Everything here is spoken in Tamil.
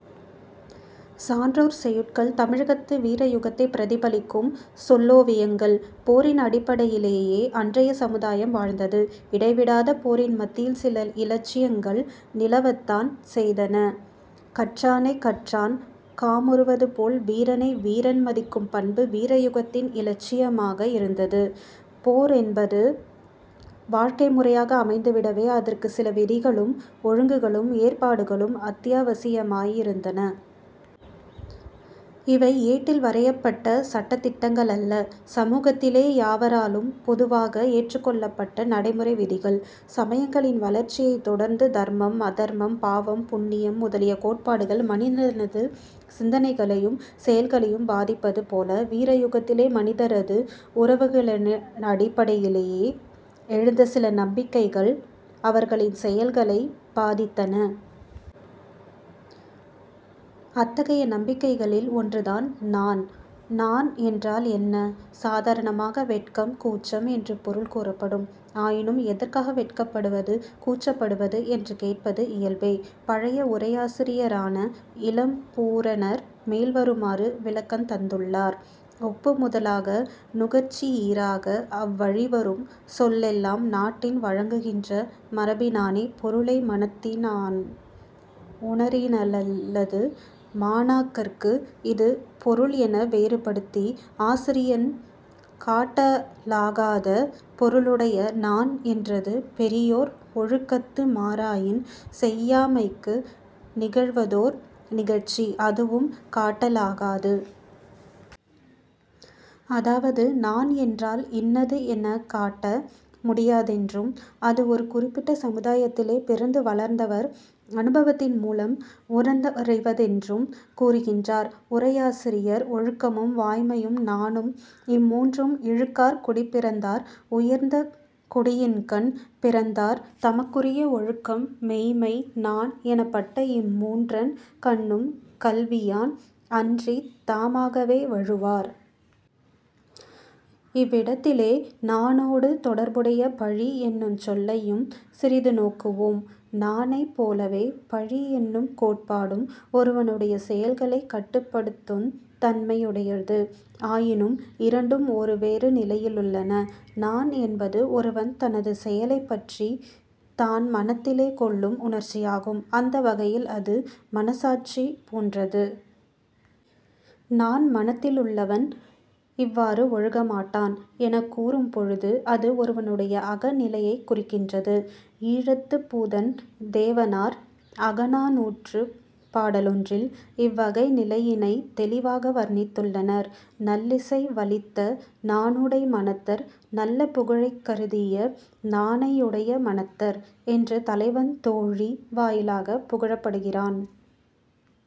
" சான்றோர் செய்யுட்கள் தமிழகத்து வீரயுகத்தை பிரதிபலிக்கும் சொல்லோவியங்கள். போரின் அடிப்படையிலேயே அன்றைய சமுதாயம் வாழ்ந்தது. இடைவிடாத போரின் மத்தியில் சில இலட்சியங்கள் நிலவத்தான் செய்தன. கற்றானைக் கற்றான் காமுறுவதுபோல் வீரனை வீரன் மதிக்கும் பண்பு வீரயுகத்தின் இலட்சியமாக இருந்தது. போரென்பது வாழ்க்கை முறையாக அமைந்துவிடவே அதற்குச் சில விதிகளும், ஒழுங்குகளும், ஏற்பாடுகளும், அத்தியாவசியமாயிருந்தன. இவை ஏட்டில் வரையப்பட்ட சட்டதிட்டங்களல்ல. சமூகத்திலே யாவராலும் பொதுவாக ஏற்றுக்கொள்ளப்பட்ட நடைமுறை விதிகள். சமயங்களின் வளர்ச்சியைத் தொடர்ந்து தர்மம், அதர்மம், பாவம், புண்ணியம் முதலிய கோட்பாடுகள் மனிதனது சிந்தனைகளையும், செயல்களையும் பாதிப்பது போல வீரயுகத்திலே மனிதரது உறவுகளினடிப்படையிலே எழுந்த சில நம்பிக்கைகள் அவர்களின் செயல்களைப் பாதித்தன. அத்தகைய நம்பிக்கைகளில் ஒன்றுதான் நாண். நாண் என்றால் என்ன? சாதாரணமாக வெட்கம், கூச்சம் என்று பொருள் கூறப்படும். ஆயினும் எதற்காக, வெட்கப்படுவது, கூச்சப்படுவது என்று கேட்பது இயல்பே. பழைய உரையாசிரியரான இளம்பூரணர் மேல்வருமாறு விளக்கந் தந்துள்ளார். "ஒப்பு முதலாக நுகர்ச்சியீறாக அவ்வழிவரும் சொல்லெல்லாம் நாட்டின் வழங்குகின்ற மரபினானே பொருளை மனத்தினான் உணரினல்லது மாணாக்கர்க்கு இது பொருள் என வேறுபடுத்தி ஆசிரியன் காட்டலாகாத பொருளுடைய 'நாண்' என்றது பெரியோர் ஒழுக்கத்து மாறாயின் செய்யாமைக்கு நிகழ்வதோர் நிகழ்ச்சி; அதுவும் காட்டலாகாது. " அதாவது நாண் என்றால் இன்னது எனக் காட்ட முடியாதென்றும், அது ஒரு குறிப்பிட்ட சமுதாயத்திலே பிறந்து வளர்ந்தவர் அனுபவத்தின் மூலம் உணர்ந்தறிவதென்றும் கூறுகின்றார், உரையாசிரியர். "ஒழுக்கமும், வாய்மையும், நாணும் இம்மூன்றும் இழுக்கார் குடிப்பிறந்தார். "உயர்ந்த குடியின்கண் பிறந்தார் தமக்குரிய ஒழுக்கம், மெய்மை, நாண் எனப்பட்ட இம்மூன்றன் கண்ணும் கல்வியான் அன்றித் தா மாகவே வழுவார். " இவ்விடத்திலே நாணோடு தொடர்புடைய பழி என்னுஞ் சொல்லையும் சிறிது நோக்குவோம். நாணைப் போலவே பழியென்னும் கோட்பாடும் ஒருவனுடைய செயல்களைக் கட்டுப்படுத்துந் தன்மை யுடையது. ஆயினும் இரண்டும் ஒருவேறு நிலையிலுள்ளன. நாண் என்பது ஒருவன் தனது செயலைப் பற்றித் தான் மனத்திலே கொள்ளும் உணர்ச்சியாகும். அந்த வகையில் அது மனச்சாட்சி போன்றது. நாண் மனத்திலுள்ளவன் இவ்வாறு ஒழுகமாட்டான் எனக் கூறும் பொழுது அது ஒருவனுடைய அக நிலையைக் குறிக்கின்றது. ஈழத்துப் பூதன் தேவனார் அகநானூற்றுப் பாடலொன்றில் இவ்வகை நிலையினைத் தௌிவாக வர்ணித்துள்ளனர். "நல்லிசை வலித்த நாணுடை மனத்தர்" 'நல்ல புகழைக் கருதிய நாணையுடைய மனத்தர்' என்று தலைவன் தோழி வாயிலாகப் புகழப்படுகிறான்.